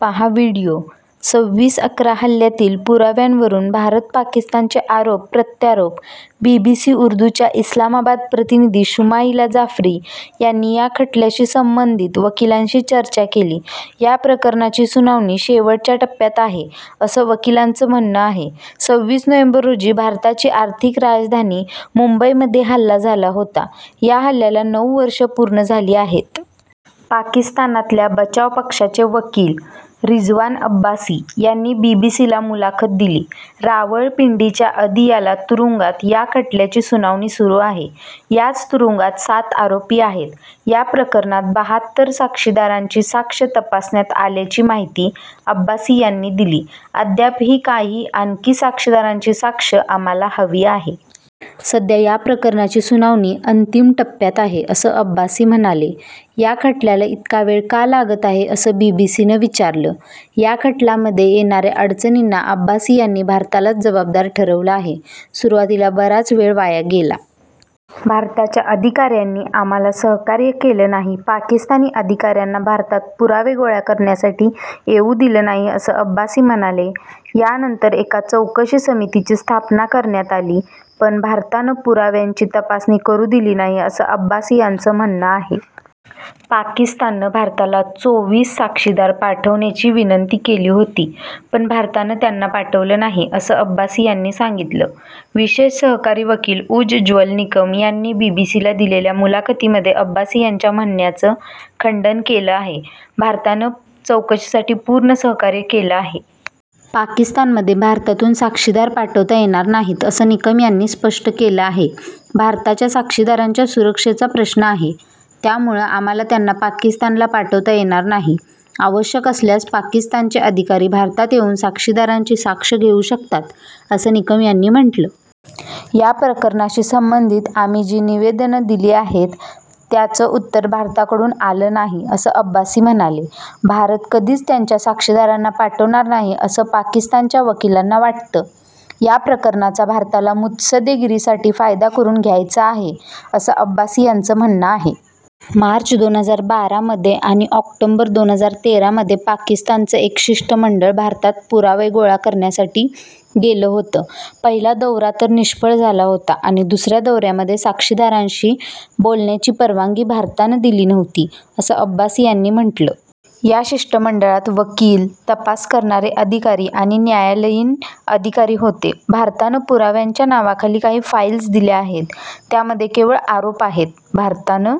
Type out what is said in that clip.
पाहा व्हीडिओ संविस /अकरा हल्ल्यातील पुराव्यांवरून भारत-पाकिस्तानचे आरोप प्रत्यारोप बीबीसी उर्दूच्या इस्लामाबाद प्रतिनिधी शुमाइला जाफरी यांनी या खटल्याशी संबंधित वकिलांशी चर्चा केली या प्रकरणाची सुनावणी शेवटच्या टप्प्यात आहे, असं वकिलांचं म्हणणं आहे. संविस नोव्हेंबर रोजी भारताची आर्थिक राजधानी मुंबईमध्ये हल्ला झाला होता या हल्ल्याला नऊ वर्ष पूर्ण झाली आहेत. पाकिस्तानातल्या बचाव पक्षाचे वकील रिजवान अब्बासी यांनी बीबीसीला मुलाखत दिली. रावळपिंडीच्या अदियाला तुरुंगात या खटल्याची सुनावणी सुरू आहे. याच तुरुंगात सात आरोपी आहेत. या प्रकरणात बहात्तर साक्षीदारांची साक्ष तपासण्यात आल्याची माहिती अब्बासी यांनी दिली अद्यापही काही आणखी साक्षीदारांची साक्ष आम्हाला हवी आहे. सध्या या प्रकरणाची सुनावणी अंतिम टप्प्यात आहे असं अब्बासी म्हणाले. या खटल्याला इतका वेळ का लागत आहे? असं बीबीसीनं विचारलं. या खटल्यामध्ये येणाऱ्या अडचणींना अब्बासी यांनी भारतालाच जबाबदार ठरवलं आहे. सुरुवातीला बराच वेळ वाया गेला. भारताच्या अधिकाऱ्यांनी आम्हाला सहकार्य केलं नाही. पाकिस्तानी अधिकाऱ्यांना भारतात पुरावे गोळा करण्यासाठी येऊ दिलं नाही असं अब्बासी म्हणाले. यानंतर एका चौकशी समितीची स्थापना करण्यात आली. पण भारतानं पुराव्यांची तपासणी करू दिली नाही असं अब्बासी यांचं म्हणणं आहे. पाकिस्ताननं भारताला चोवीस साक्षीदार पाठवण्याची विनंती केली होती पण भारतानं त्यांना पाठवलं नाही असं अब्बासी यांनी सांगितलं. विशेष सरकारी वकील उज्ज्वल निकम यांनी बीबीसीला दिलेल्या मुलाखतीमध्ये अब्बासी यांच्या म्हणण्याचं खंडन केलं आहे. भारतानं चौकशीसाठी पूर्ण सहकार्य केलं आहे. पाकिस्तानमध्ये भारतातून साक्षीदार पाठवता येणार नाहीत असं निकम यांनी स्पष्ट केलं आहे. भारताच्या साक्षीदारांच्या सुरक्षेचा प्रश्न आहे. त्यामुळं आम्हाला त्यांना पाकिस्तानला पाठवता येणार नाही. आवश्यक असल्यास पाकिस्तानचे अधिकारी भारतात येऊन साक्षीदारांची साक्ष घेऊ शकतात असं निकम यांनी म्हटलं. या प्रकरणाशी संबंधित आम्ही जी निवेदनं दिली आहेत त्यांचं उत्तर भारताकडून आलं नाही असं अब्बासी म्हणाले. भारत कधीच त्यांच्या साक्षीदारांना पाठवणार नाही असं पाकिस्तानच्या वकिलांना वाटतं. या प्रकरणाचा भारताला मुत्सद्देगिरीसाठी फायदा करून घ्यायचा आहे असं अब्बासी यांचं म्हणणं आहे. मार्च दोन हजार बारा मध्ये आणि ऑक्टोबर दोन हजार तेरा मध्ये पाकिस्तानचं एक शिष्टमंडळ भारतात पुरावे गोळा करण्यासाठी गेलं होतं पहिला दौरा तर निष्फळ झाला होता आणि दुसऱ्या दौऱ्यामध्ये साक्षीदारांशी बोलण्याची परवानगी भारतानं दिली नव्हती असं अब्बासी यांनी म्हटलं. या शिष्टमंडळात वकील, तपास करणारे अधिकारी आणि न्यायालयीन अधिकारी होते. भारतानं पुराव्यांच्या नावाखाली काही फाइल्स दिल्या आहेत. त्यामध्ये केवळ आरोप आहेत. भारतानं